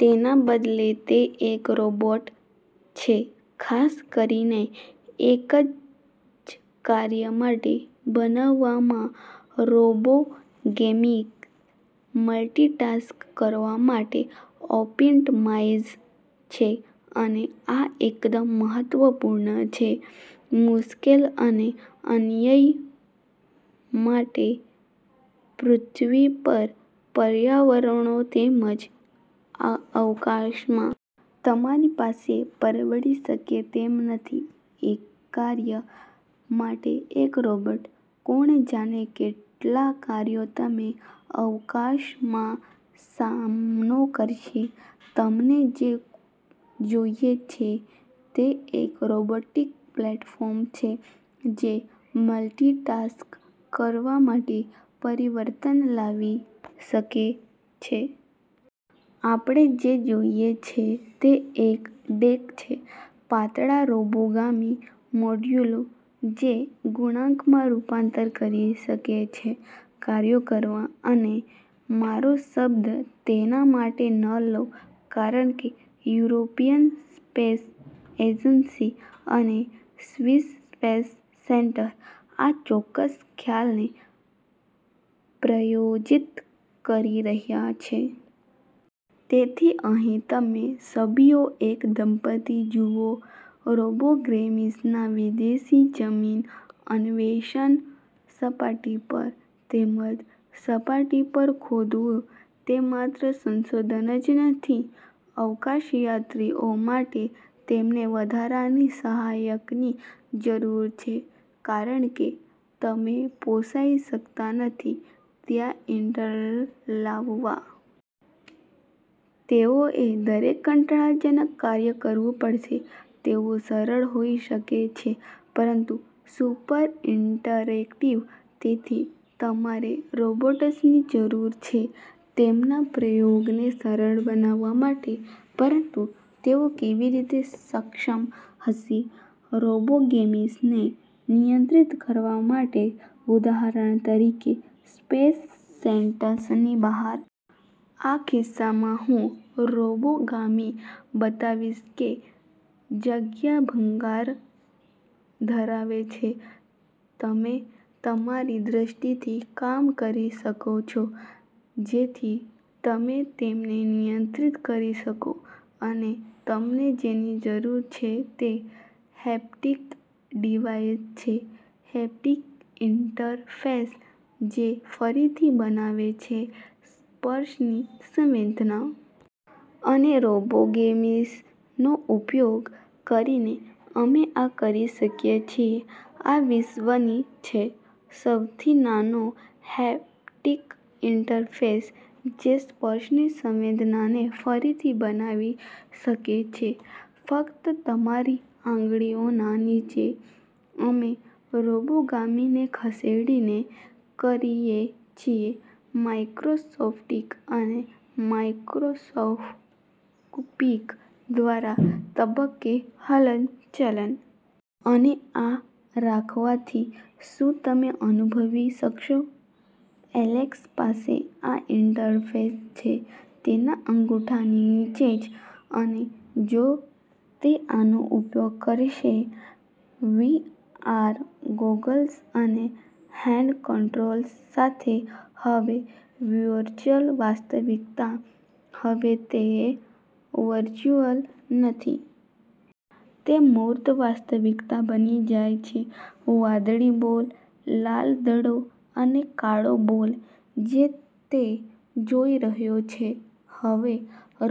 તેના બદલે તે એક રોબોટ છે ખાસ કરીને એક જ કાર્ય માટે બનાવવામાં. રોબોગેમિસ મલ્ટિટાસ્ક કરવા માટે ઓપ્ટિમાઇઝ છે. અને આ એકદમ મહત્વપૂર્ણ છે મુશ્કેલ અને અનન્ય માટે પૃથ્વી પર પર્યાવરણો તેમજ અવકાશમાં. તમારી પાસે પરવડી શકે તેમ નથી એક કાર્ય માટે એક રોબોટ. કોણ જાણે કેટલા કાર્યો તમે અવકાશમાં સામનો કરશે? તમને જે જોઈએ છે તે એક રોબોટિક પ્લેટફોર્મ છે જે મલ્ટિટાસ્ક કરવા માટે પરિવર્તન લાવી શકે છે. આપણે જે જોઈએ છે તે એક ડેક છે પાતળા રોબોગામી મોડ્યુલો જે ગુણાંકમાં રૂપાંતર કરી શકે છે કાર્યો કરવા. અને મારો શબ્દ તેના માટે ન લો કારણ કે યુરોપિયન સ્પેસ એજન્સી અને સ્વિસ સ્પેસ સેન્ટર આ ચોક્કસ ખ્યાલને પ્રયોજિત કરી રહ્યા છે. તેથી અહીં તમે છબીઓ એક દંપતિ જુઓ રોબોગેમિસના વિદેશી જમીન અન્વેષણ સપાટી પર. તેમજ સપાટી પર ખોદવું તે માત્ર સંશોધન જ નથી. અવકાશયાત્રીઓ માટે તેમને વધારાની સહાયની જરૂર છે કારણ કે તમે પોસાઇ શકતા નથી ત્ત્યાં ઇન્ટર્ન લાવવા. તેઓએ દરેક કંટાળાજનક કાર્ય કરવું પડશે. તેઓ સરળ હોઈ શકે છે પરંતુ સુપર ઇન્ટરેક્ટિવ. તેથી તમારે રોબોટ્સની જરૂર છે તેમના પ્રયોગોને સરળ બનાવવા માટે. પરંતુ તેઓ કેવી રીતે સક્ષમ હશે રોબોગેમિસને નિયંત્રિત કરવા માટે ઉદાહરણ તરીકે સ્પેસ સ્ટેશનની બહાર? આ કિસ્સામાં હું રોબોગામી બતાવીશ કે જગ્યા ભંગાર ધરાવે છે. તમે તમારી દ્રષ્ટિથી કામ કરી શકો છો જેથી તમે તેમને નિયંત્રિત કરી શકો. અને તમને જેની જરૂર છે તે હેપ્ટિક ડિવાઇસ છે. હેપ્ટિક ઇન્ટરફેસ જે ફરીથી બનાવે છે સ્પર્શની સંવેદના. અને રોબોગેમિસનો ઉપયોગ કરીને અમે આ કરી શકીએ છીએ. આ વિશ્વની છે સૌથી નાનો હેપ્ટીક ઇન્ટરફેસ જે સ્પર્શની સંવેદનાને ફરીથી બનાવી શકે છે ફક્ત તમારી આંગળીના નીચે. અમે રોબોગામીને ખસેડીને કરીએ છીએ માઇક્રોસ્કોપિક અને મેક્રોસ્કોપિક દ્વારા તબક્કે હલનચલન. અને આ રાખવાથી શું તમે અનુભવી શકશો? એલેક્સ પાસે આ ઇન્ટરફેસ છે તેના અંગૂઠાની નીચે જ અને જો તે આનો ઉપયોગ કરશે વી.આર ગોગલ્સ અને હેન્ડ કંટ્રોલર્સ સાથે, હવે વર્ચુઅલ વાસ્તવિકતા હવે તે વર્ચુઅલ નથી. તે મૂર્ત વાસ્તવિકતા બની જાય છે. વાદળી બોલ, લાલ દડો અને કાળો બોલ જે તે જોઈ રહ્યો છે હવે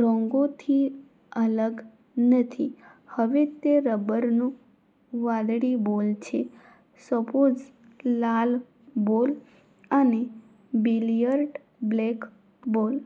રંગોથી અલગ નથી. હવે તે રબરનો વાદળી બોલ છે, સ્પોન્જ લાલ બોલ અને બિલિયર્ડ બ્લેક બોલ.